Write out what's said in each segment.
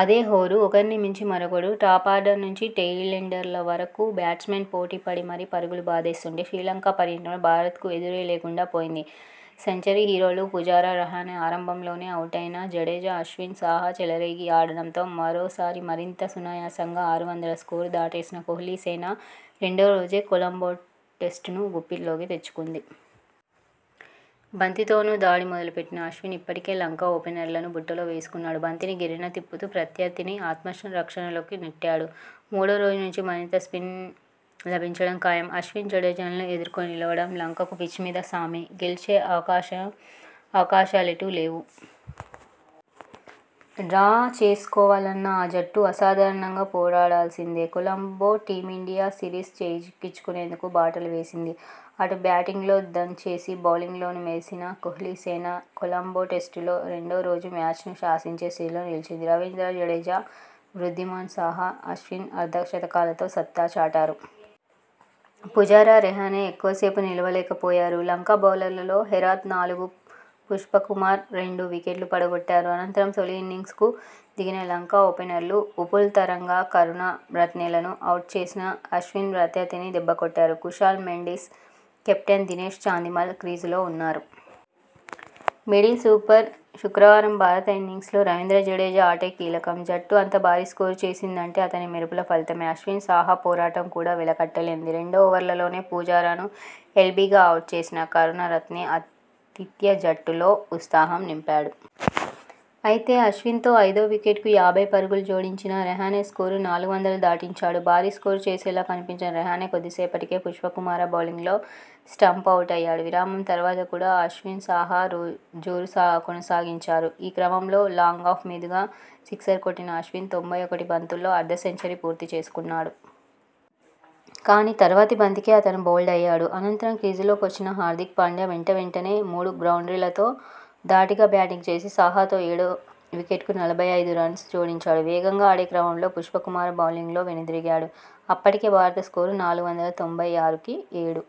అదే హోరు..! ఒకరినిమించి మరొకరు టాపార్డర్ నుంచి టెయింలెండర్ల వరకూ బ్యాట్స్మెన్ పోటీ పడి మరీ పరుగులు బాదేస్తుంటే.. శ్రీలంక పర్యటనలో భారత్ కు ఎదురేలేకుండా పోయింది..! సెంచరీ హీరోలు పుజారా, రహానె ఆరంభంలోనేఅవుటైనా జడేజా, అశ్విన్, సాహా చెలరేగి ఆడడంతో మరోసారి మరింత సునాయాసంగా ఆరు వందల స్కోరు దాటేసిన కోహ్లీ సేన రెండో రోజే కొలంబో టెస్టును గుప్పిట్లోకి తెచ్చుకుంది..! బంతితోనూ దాడి మొదలు పెట్టిన అశ్విన్ ఇప్పటికే లంక ఓపెనర్లను బుట్టలో వేసుకున్నాడు..! బంతిని గిర్రున తిప్పుతూ ప్రత్యర్థిని ఆత్మరక్షణలోకి నెట్టాడు..! మూడో రోజు నుంచి మరింత స్పిన్ లభించడం ఖాయం..! అశ్విన్, జడేజాలను ఎదుర్కొని నిలవడం లంక కు 'పిచ్'మీద సామే..! గెలిచే అవకాశాలెటూ లేవు.. డ్రా చేసుకోవాలన్నా ఆ జట్టు అసాధారణంగా పోరాడిల్సిందే..! కొలంబో టీమిండియా సిరీస్ చేజిక్కించుకునేందుకు బాటలు వేసింది. అటు బ్యాటింగ్లో దంచేసి బౌలింగ్లోనూ మెరిసిన కోహ్లీసేన కొలంబో టెస్టులో రెండో రోజే మ్యాచ్ను శాసించే స్థితిలో నిలిచింది. రవీంద్ర జడేజా, వృద్ధిమాన్ సాహా, అశ్విన్ అర్ధ శతకాలతో సత్తా చాటారు. పుజారా, రహానె ఎక్కువసేపు నిలువలేకపోయారు. లంక బౌలర్లలో హెరాత్ నాలుగు, పుష్పకుమార రెండు వికెట్లు పడగొట్టారు. అనంతరం తొలి ఇన్నింగ్స్ కు దిగిన లంక.. ఓపెనర్లు ఉపుల్ తరంగ, కరుణ రత్నె లను అవుట్ చేసిన అశ్విన్ ప్రత్యర్థిని దెబ్బకొట్టాడు. కుశాల్ మెండిస్, కెప్టెన్ దినేశ్ చాందిమల్ క్రీజులో ఉన్నారు. మిడిల్ సూపర్ శుక్రవారం భారత్ ఇన్నింగ్స్ లో రవీంద్ర జడేజా ఆటే కీలకం. జట్టు అంత భారీ స్కోరు చేసిందంటే అతని మెరుపుల ఫలితమే. అశ్విన్, సాహా పోరాటం కూడా వెలకట్టలేనిది. రెండో ఓవర్లోనే పుజారాను ఎల్బీగా అవుట్ చేసిన కరుణరత్నె ఆతిథ్య జట్టులో ఉత్సాహం నింపాడు. అయితే, అశ్విన్తో ఐదో వికెట్కు యాభై పరుగులు జోడించిన రహానె స్కోరు నాలుగు వందల దాటించాడు. భారీస్కోరు చేసేలా కనిపించిన రహానె కొద్దిసేపటికే పుష్పకుమార బౌలింగ్లో స్టంప్ ఔటయ్యాడు. విరామం తర్వాత కూడా అశ్విన్, సాహా జోరు కొనసాగించారు. ఈ క్రమంలో లాంగాఫ్ మీదుగా సిక్సర్ కొట్టిన అశ్విన్ తొంభై ఒకటి బంతుల్లో అర్ధ సెంచరీ పూర్తి చేసుకున్నాడు. కానీ, తర్వాతి బంతికే అతను బౌల్డ్ అయ్యాడు. అనంతరం క్రీజులోకొచ్చిన హార్దిక్ పాండ్యా వెంటవెంటనే మూడు బౌండ్రీలతో ధాటిగా బ్యాటింగ్ చేసి సాహాతో ఏడో వికెట్కు నలభై ఐదు రన్స్ జోడించాడు. వేగంగా ఆడే క్రమంలో పుష్పకుమార బౌలింగ్లో వెనుదిరిగాడు. అప్పటికి భారత్ స్కోరు నాలుగు వందల తొంభై ఆరు కి ఏడు.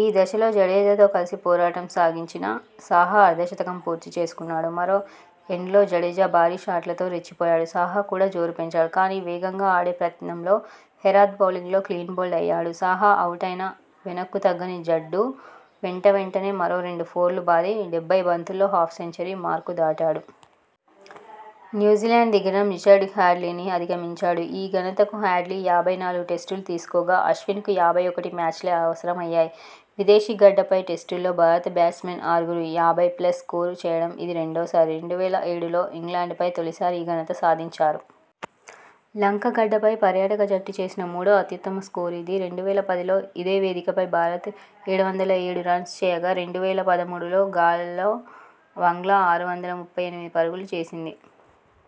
ఈ దశలో జడేజాతో కలిసి పోరాటం కొనసాగించిన సాహా అర్ధ శతకం పూర్తి చేసుకున్నాడు. మరో ఎండ్లో జడేజా భారీ షాట్లతో రెచ్చిపోయాడు. సాహా కూడా జోరు పెంచాడు. కానీ, వేగంగా ఆడే ప్రయత్నంలో హెరాత్ బౌలింగ్లో క్లీన్ బౌల్డ్ అయ్యాడు. సాహా అవుటైనా వెనక్కుతగ్గని జడ్డూ వెంటవెంటనే మరో రెండు ఫోర్లు బాది డెబ్బై బంతుల్లో హాఫ్ సెంచరీ మార్కు దాటాడు. న్యూజిలాండ్ దిగ్గజం రిచర్డ్ హాడ్లీని అధిగమించాడు. ఈ ఘనతకు హాడ్లీ యాభై నాలుగు టెస్టులు తీసుకోగా.. అశ్విన్కు యాభై ఒకటి మ్యాచ్లే అవసరం అయ్యాయి. విదేశీ గడ్డపై టెస్టులో భారత బ్యాట్స్మెన్ ఆరుగురు యాభై ప్లస్ స్కోరు చేయడం ఇది రెండోసారి. రెండు వేల ఏడులో ఇంగ్లండ్ పై తొలిసారి ఈ ఘనత సాధించారు. లంక గడ్డపై పర్యాటక జట్టు చేసిన మూడో అత్యుత్తమ స్కోరు ఇది. రెండు వేల పదిలో ఇదే వేదికపై భారత్ ఏడు వందల ఏడు రన్స్ చేయగా.. రెండు వేల పదమూడులో గాలెలో బంగ్లా ఆరు వందల ముప్పై ఎనిమిది పరుగులు చేసింది.